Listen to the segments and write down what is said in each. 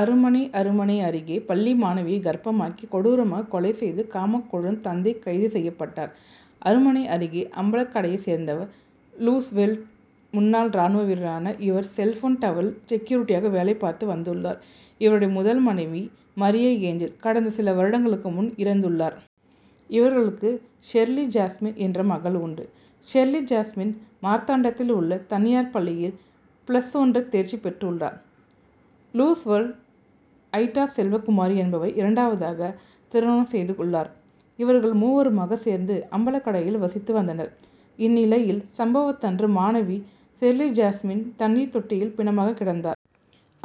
அருமனை அருமனை அருகே பள்ளி மாணவியை கர்ப்பமாக்கி கொடூரமாக கொலை செய்த காமக்கொடூரன் தந்தை கைது செய்யப்பட்டார். அருமனை அருகே அம்பலக்கடையை சேர்ந்தவர் றூஸ்வெல்ட். முன்னாள் ராணுவ வீரரான இவர் செல்போன் டவரில் செக்யூரிட்டியாக வேலைபார்த்து வந்துள்ளார். இவருடைய முதல் மனைவி மரியஏஞ்சல் கடந்த சில வருடங்களுக்கு முன் இறந்துள்ளார். இவர்களுக்கு ஷெர்லிஜாஸ்மின் என்ற மகள் உண்டு. ஷெர்லிஜாஸ்மின் மார்த்தாண்டத்தில் உள்ள தனியார் பள்ளியில் பிளஸ் ஒன்று தேர்ச்சி பெற்றுள்ளார். றூஸ்வெல்ட், ஐடாசெல்வகுமாரி என்பவரை இரண்டாவதாக திருமணம் செய்துள்ளார். இவர்கள் மூவருமாக சேர்ந்து அம்பலக்கடையில் வசித்து வந்தனர். இந்நிலையில் சம்பவத்தன்று மாணவி ஷெர்லிஜாஸ்மின் தண்ணீர் தொட்டியில் பிணமாக கிடந்தார்.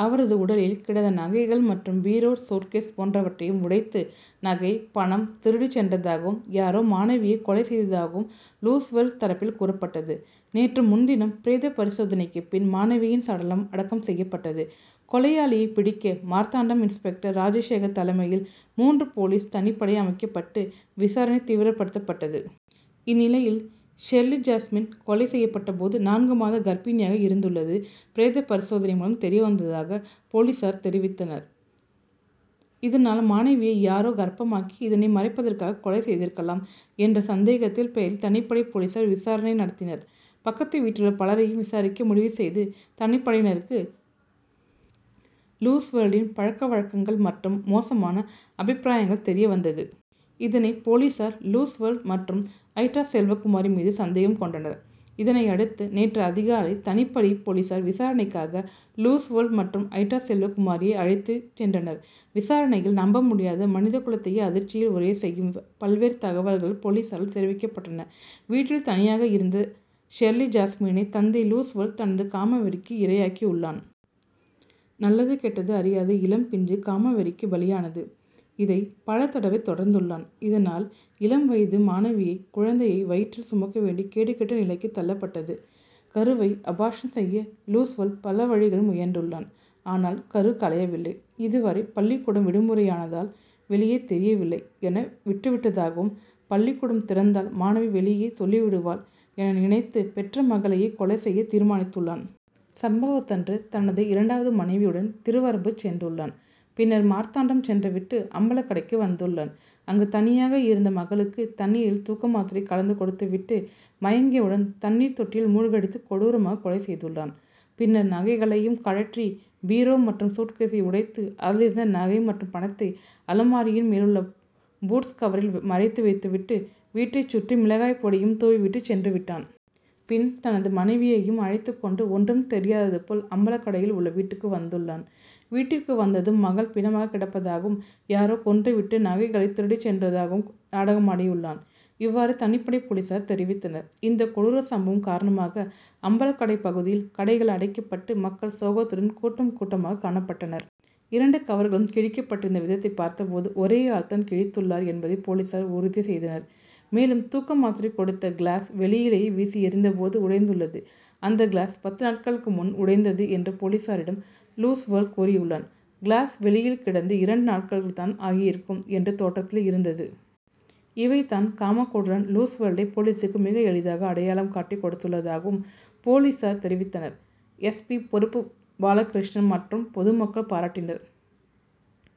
அவரது உடலில் கிடந்த நகைகள் மற்றும் பீரோ, சூட்கேஸ் போன்றவற்றையும் உடைத்து நகை, பணம் திருடி சென்றதாகவும் யாரோ மாணவியை கொலை செய்ததாகவும் றூஸ்வெல்ட் தரப்பில் கூறப்பட்டது. நேற்று முன்தினம் பிரேத பரிசோதனைக்கு பின் மாணவியின் சடலம் அடக்கம் செய்யப்பட்டது. கொலையாளியை பிடிக்க மார்த்தாண்டம் இன்ஸ்பெக்டர் ராஜசேகர் தலைமையில் மூன்று போலீஸ் தனிப்படை அமைக்கப்பட்டு விசாரணை தீவிரப்படுத்தப்பட்டது. இந்நிலையில் ஷெர்லிஜாஸ்மின் கொலை செய்யப்பட்ட போது நான்கு மாத கர்ப்பிணியாக இருந்துள்ளது பிரேத பரிசோதனை மூலம் தெரியவந்ததாக போலீசார் தெரிவித்தனர். இதனால் மாணவியை யாரோ கர்ப்பமாக்கி, இதனை மறைப்பதற்காக கொலை செய்திருக்கலாம் என்ற சந்தேகத்தின் பெயரில் தனிப்படை போலீசார் விசாரணை நடத்தினர். பக்கத்து வீட்டிலுள்ள பலரையும் விசாரிக்க முடிவு செய்த தனிப்படையினருக்கு றூஸ்வெல்ட்டின் பழக்கவழக்கங்கள் மற்றும் மோசமான அபிப்பிராயங்கள் தெரியவந்தது. இதனால் போலீசார் றூஸ்வெல்ட் மற்றும் ஐடா செல்வகுமாரி மீது சந்தேகம் கொண்டனர். இதனையடுத்து நேற்று அதிகாலை தனிப்படை போலீசார் விசாரணைக்காக றூஸ்வெல்ட் மற்றும் ஐடா செல்வகுமாரியை அழைத்து சென்றனர். விசாரணையில் நம்பமுடியாத மனித குலத்தையே அதிர்ச்சியில் உறைய செய்யும் பல்வேறு தகவல்கள் போலீசாரால் தெரிவிக்கப்பட்டன. வீட்டில் தனியாக இருந்த ஷெர்லிஜாஸ்மினை தந்தை றூஸ்வெல்ட் தனது காமவெறிக்கு இரையாக்கியுள்ளான். நல்லது கெட்டது அறியாத இளம்பிஞ்சு காமவெறிக்கு பலியானது. இதை பலதடவை தொடர்ந்துள்ளான். இதனால் இளம் வயது மாணவியே குழந்தையை வயிற்றில் சுமக்கவேண்டிய கேடுகெட்ட நிலைக்கு தள்ளப்பட்டது. கருவை அபார்ஷன் செய்ய றூஸ்வெல்ட் பலவழிகளில் முயன்றுள்ளான். ஆனால் கரு கலையவில்லை. இதுவரை பள்ளிக்கூட விடுமுறையானதால் வெளியே தெரியவில்லை என விட்டுவிட்டதாகவும், பள்ளிக்கூடம் திறந்தால் மாணவி வெளியே சொல்லிவிடுவாள் என நினைத்து பெற்ற மகளையே கொலை செய்ய தீர்மானித்துள்ளான். சம்பவத்தன்று தனது இரண்டாவது மனைவியுடன் திருவரம்பு சென்றுள்ளான். பின்னர் மார்த்தாண்டம் சென்றுவிட்டு அம்பலக்கடைக்கு வந்துள்ளான். அங்கு தனியாக இருந்த மகளுக்கு தண்ணீரில் தூக்கமாத்திரை கலந்து கொடுத்துவிட்டு மயங்கியவுடன் தண்ணீர் தொட்டியில் மூழ்கடித்து கொடூரமாக கொலை செய்துள்ளான். பின்னர் நகைகளையும் கழற்றி பீரோ மற்றும் சூட்கேசை உடைத்து அதிலிருந்த நகை மற்றும் பணத்தை அலமாரியின் மேலுள்ள பூட்ஸ் கவரில் மறைத்து வைத்துவிட்டு வீட்டை சுற்றி மிளகாய் பொடியும் தூவிவிட்டு சென்றுவிட்டான். பின் தனது மனைவியையும் அழைத்துகொண்டு ஒன்றும் தெரியாதது போல் அம்பலக்கடையில் உள்ள வீட்டுக்கு வந்துள்ளான். வீட்டிற்கு வந்ததும் மகள் பிணமாக கிடப்பதாகவும், யாரோ கொன்றுவிட்டு நகைகளை திருடி சென்றதாகவும் நாடகமாடியுள்ளான். இவ்வாறு தனிப்படை போலீசார் தெரிவித்தனர். இந்த கொடூர சம்பவம் காரணமாக அம்பலக்கடை பகுதியில் கடைகள் அடைக்கப்பட்டு மக்கள் சோகத்துடன் கூட்டம் கூட்டமாக காணப்பட்டனர். இரண்டு கவர்களும் கிழிக்கப்பட்டிருந்த விதத்தை பார்த்தபோது ஒரே ஆள்தான் கிழித்துள்ளார் என்பதை போலீசார் உறுதி செய்தனர். மேலும் தூக்க மாத்திரை கொடுத்த கிளாஸ் வெளியிலேயே வீசி எறிந்தபோது உடைந்துள்ளது. அந்த கிளாஸ் பத்து நாட்களுக்கு முன் உடைந்தது என்று போலீசாரிடம் றூஸ்வெல்ட் கூறியுள்ளான். கிளாஸ் வெளியில் கிடந்து இரண்டு நாட்களுக்குள் தான் ஆகியிருக்கும் என்ற தோற்றத்தில் இருந்தது. இவைதான் காமக்கொடூரன் றூஸ்வெல்ட்டை போலீசுக்கு மிக எளிதாக அடையாளம் காட்டி கொடுத்துள்ளதாகவும் போலீசார் தெரிவித்தனர். எஸ். பி., பொறுப்பு பாலகிருஷ்ணன் மற்றும் பொதுமக்கள் பாராட்டினர்.